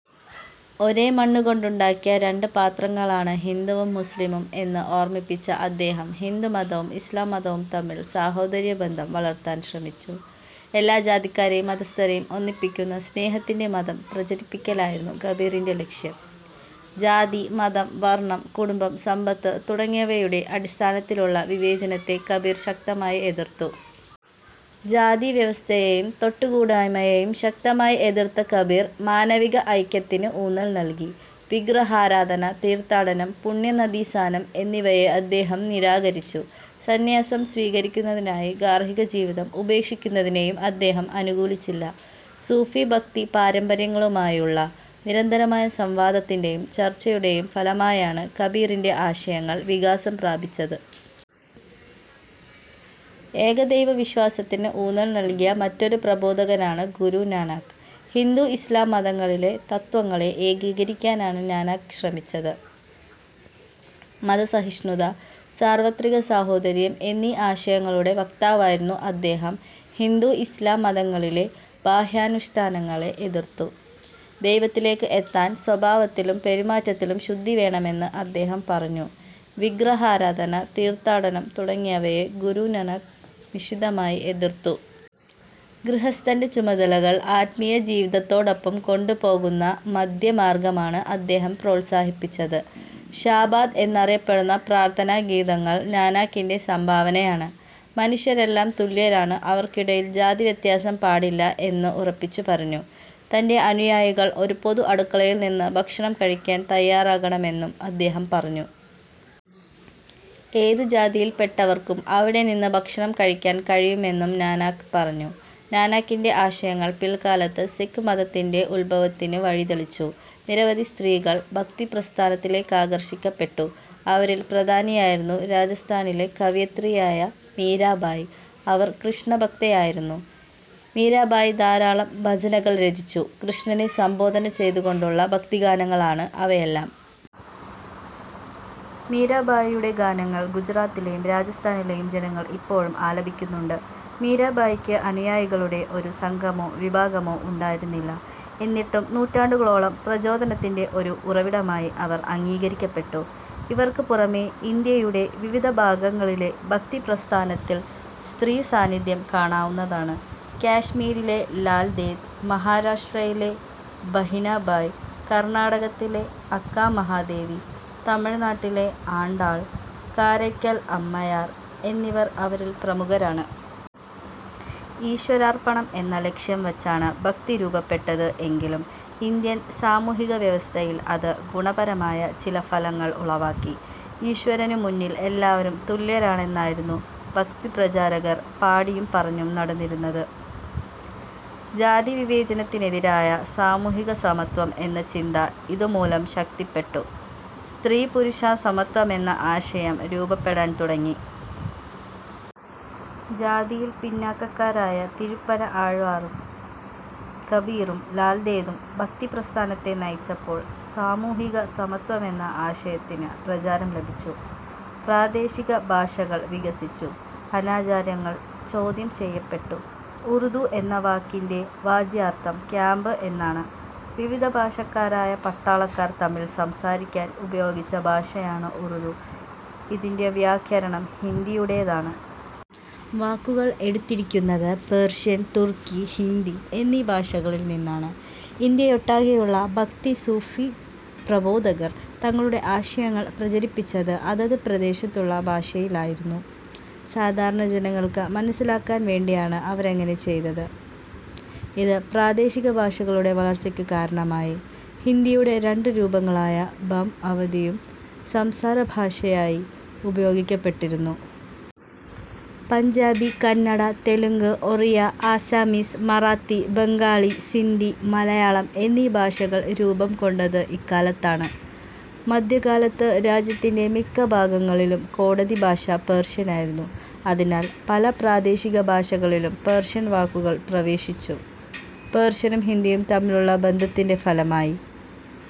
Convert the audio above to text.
ഒരേ മണ്ണുകൊണ്ടുണ്ടാക്കിയ രണ്ടു പാത്രങ്ങളാണ് ഹിന്ദുവും മുസ്ലിമും എന്ന് ഓർമിപ്പിച്ച അദ്ദേഹം ഹിന്ദു മതവും ഇസ്ലാംമതവും തമ്മിൽ സാഹോദര്യബന്ധം വളർത്താൻ ശ്രമിച്ചു. എല്ലാ ജാതിക്കാരെയും മതസ്ഥരെയും ഒന്നിപ്പിക്കുന്ന സ്നേഹത്തിന്റെ മതം പ്രചരിപ്പിക്കലായിരുന്നു കബീറിന്റെ ലക്ഷ്യം. ജാതി, മതം, വർണം, കുടുംബം, സമ്പത്ത് തുടങ്ങിയവയുടെ അടിസ്ഥാനത്തിലുള്ള വിവേചനത്തെ കബീർ ശക്തമായി എതിർത്തു. ജാതിവ്യവസ്ഥയെയും തൊട്ടു കൂടായ്മയെയും ശക്തമായി എതിർത്ത കബീർ മാനവിക ഐക്യത്തിന് ഊന്നൽ നൽകി. വിഗ്രഹാരാധന, തീർത്ഥാടനം, പുണ്യനദീസാനം എന്നിവയെ അദ്ദേഹം നിരാകരിച്ചു. സന്ന്യാസം സ്വീകരിക്കുന്നതിനായി ഗാർഹികജീവിതം ഉപേക്ഷിക്കുന്നതിനെയും അദ്ദേഹം അനുകൂലിച്ചില്ല. സൂഫി ഭക്തി പാരമ്പര്യങ്ങളുമായുള്ള നിരന്തരമായ സംവാദത്തിന്റെയും ചർച്ചയുടെയും ഫലമായാണ് കബീറിന്റെ ആശയങ്ങൾ വികാസം പ്രാപിച്ചത്. ഏകദൈവവിശ്വാസത്തിന് ഊന്നൽ നൽകിയ മറ്റൊരു പ്രബോധകനാണ് ഗുരുനാനാക്ക്. ഹിന്ദു, ഇസ്ലാം മതങ്ങളിലെ തത്ത്വങ്ങളെ ഏകീകരിക്കാനാണ് നാനാക്ക് ശ്രമിച്ചത്. മതസഹിഷ്ണുത, സാർവത്രിക സാഹോദര്യം എന്നീ ആശയങ്ങളുടെ വക്താവായിരുന്ന അദ്ദേഹം ഹിന്ദു ഇസ്ലാം മതങ്ങളിലെ ബാഹ്യാനുഷ്ഠാനങ്ങളെ എതിർത്തു. ദൈവത്തിലേക്ക് എത്താൻ സ്വഭാവത്തിലും പെരുമാറ്റത്തിലും ശുദ്ധിവേണമെന്ന് അദ്ദേഹം പറഞ്ഞു. വിഗ്രഹാരാധന, തീർത്ഥാടനം തുടങ്ങിയവയെ ഗുരുനാനാക് നിശിതമായി എതിർത്തു. ഗൃഹസ്ഥന്റെ ചുമതലകൾ ആത്മീയ ജീവിതത്തോടൊപ്പം കൊണ്ടു പോകുന്ന മധ്യമാർഗമാണ് അദ്ദേഹം പ്രോത്സാഹിപ്പിച്ചത്. ഷാബാദ് എന്നറിയപ്പെടുന്ന പ്രാർഥനാഗീതങ്ങൾ നാനാക്കിന്റെ സംഭാവനയാണ്. മനുഷ്യരെല്ലാം തുല്യരാണ്, അവർക്കിടയിൽ ജാതിവ്യത്യാസം പാടില്ല എന്ന് ഉറപ്പിച്ചു പറഞ്ഞു. തന്റെ അനുയായികൾ ഒരു പൊതു അടുക്കള യിൽ നിന്ന് ഭക്ഷണം കഴിക്കാൻ തയാറാകണമെന്ന് അദ്ദേഹം പറഞ്ഞു. ഏതു ജാതിയിൽപ്പെട്ടവർക്കും അവിടെനിന്ന് ഭക്ഷണം കഴിക്കാൻ കഴിയുമെന്നും നാനാക്ക് പറഞ്ഞു. നാനാക്കിന്റെ ആശയങ്ങൾ പിൽക്കാലത്ത് സിഖ് മതത്തിന്റെ ഉദ്ഭവത്തിന് വഴിതെളിച്ചു. നിരവധി സ്ത്രീകൾ ഭക്തിപ്രസ്ഥാനത്തിലേക്കാകർഷിക്കപ്പെട്ടു. അവരിൽ പ്രധാനിയായിരുന്നു രാജസ്ഥാനിലെ കവയിത്രിയായ മീരാഭായി. അവർ കൃഷ്ണഭക്തയായിരുന്നു. മീരാഭായി ധാരാളം ഭജനകൾ രചിച്ചു. കൃഷ്ണനെ സംബോധന ചെയ്തുകൊണ്ടുള്ള ഭക്തിഗാനങ്ങളാണ് അവയെല്ലാം. മീരാഭായിയുടെ ഗാനങ്ങൾ ഗുജറാത്തിലെയും രാജസ്ഥാനിലെയും ജനങ്ങൾ ഇപ്പോഴും ആലപിക്കുന്നുണ്ട്. മീരാ ഭായിക്ക് അനുയായികളുടെ ഒരു സംഘമോ വിഭാഗമോ ഉണ്ടായിരുന്നില്ല. എന്നിട്ടും നൂറ്റാണ്ടുകളോളം പ്രചോദനത്തിന്റെ ഒരു ഉറവിടമായി അവർ അംഗീകരിക്കപ്പെട്ടു. ഇവർക്ക് പുറമെ ഇന്ത്യയുടെ വിവിധ ഭാഗങ്ങളിലെ ഭക്തിപ്രസ്ഥാനത്തിൽ സ്ത്രീസാന്നിധ്യം കാണാവുന്നതാണ്. കാശ്മീരിലെ ലാൽദേദ്, മഹാരാഷ്ട്രയിലെ ഭഹിനാഭായ്, കർണാടകത്തിലെ അക്കാമഹാദേവി, തമിഴ്നാട്ടിലെ ആണ്ടാൾ, കാരയ്ക്കൽ അമ്മയാർ എന്നിവർ അവരിൽ പ്രമുഖരാണ്. ഈശ്വരാർപ്പണം എന്ന ലക്ഷ്യം വച്ചാണ് ഭക്തി രൂപപ്പെട്ടത് എങ്കിലും ഇന്ത്യൻ സാമൂഹിക വ്യവസ്ഥയിൽ അത് ഗുണപരമായ ചില ഫലങ്ങൾ ഉളവാക്കി. ഈശ്വരനു മുന്നിൽ എല്ലാവരും തുല്യരാണെന്നായിരുന്നു ഭക്തിപ്രചാരകർ പാടിയും പറഞ്ഞും നടന്നിരുന്നത്. ജാതിവിവേചനത്തിനെതിരായ സാമൂഹിക സമത്വം എന്ന ചിന്ത ഇതുമൂലം ശക്തിപ്പെട്ടു. സ്ത്രീപുരുഷ സമത്വമെന്ന ആശയം രൂപപ്പെടാൻ തുടങ്ങി. ജാതിയിൽ പിന്നാക്കക്കാരായ തിരുപ്പന ആഴ്വാറും കബീറും ലാൽദേദും ഭക്തിപ്രസ്ഥാനത്തെ നയിച്ചപ്പോൾ സാമൂഹികസമത്വമെന്ന ആശയത്തിന് പ്രചാരം ലഭിച്ചു. പ്രാദേശികഭാഷകൾ വികസിച്ചു. അനാചാരങ്ങൾ ചോദ്യം ചെയ്യപ്പെട്ടു. ഉറുദു എന്ന വാക്കിന്റെ വാച്യാർഥം ക്യാമ്പ് എന്നാണ്. വിവിധ ഭാഷക്കാരായ പട്ടാളക്കാർ തമ്മിൽ സംസാരിക്കാൻ ഉപയോഗിച്ച ഭാഷയാണ് ഉറുദു. ഇതിന്റെ വ്യാകരണം ഹിന്ദിയുടേതാണ്. വാക്കുകൾ എടുത്തിരിക്കുന്നത് പേർഷ്യൻ, തുർക്കി, ഹിന്ദി എന്നീ ഭാഷകളിൽ നിന്നാണ്. ഇന്ത്യയൊട്ടാകെയുള്ള ഭക്തി-സൂഫി പ്രബോധകർ തങ്ങളുടെ ആശയങ്ങൾ പ്രചരിപ്പിച്ചത് അതത് പ്രദേശത്തുള്ള ഭാഷയിലായിരുന്നു. സാധാരണ ജനങ്ങൾക്ക് മനസ്സിലാകാൻ വേണ്ടിയാണ് അവരങ്ങനെ ചെയ്തത്. ഇത് പ്രാദേശികഭാഷകളുടെ വളർച്ചയ്ക്കു കാരണമായി. ഹിന്ദിയുടെ രണ്ടു രൂപങ്ങളായ ബം അവധിയും സംസാരഭാഷയായി ഉപയോഗിക്കപ്പെട്ടിരുന്നു. പഞ്ചാബി, കന്നഡ, തെലുങ്ക്, ഒറിയ, ആസാമീസ്, മറാത്തി, ബംഗാളി, സിന്ധി, മലയാളം എന്നീ ഭാഷകൾ രൂപംകൊണ്ടത് ഇക്കാലത്താണ്. മധ്യകാലത്ത് രാജ്യത്തിന്റെ മിക്ക ഭാഗങ്ങളിലും കോടതിഭാഷ പേർഷ്യനായിരുന്നു. അതിനാൽ പല പ്രാദേശികഭാഷകളിലും പേർഷ്യൻ വാക്കുകൾ പ്രവേശിച്ചു. പേർഷ്യനും ഹിന്ദിയും തമ്മിലുള്ള ബന്ധത്തിന്റെ ഫലമായി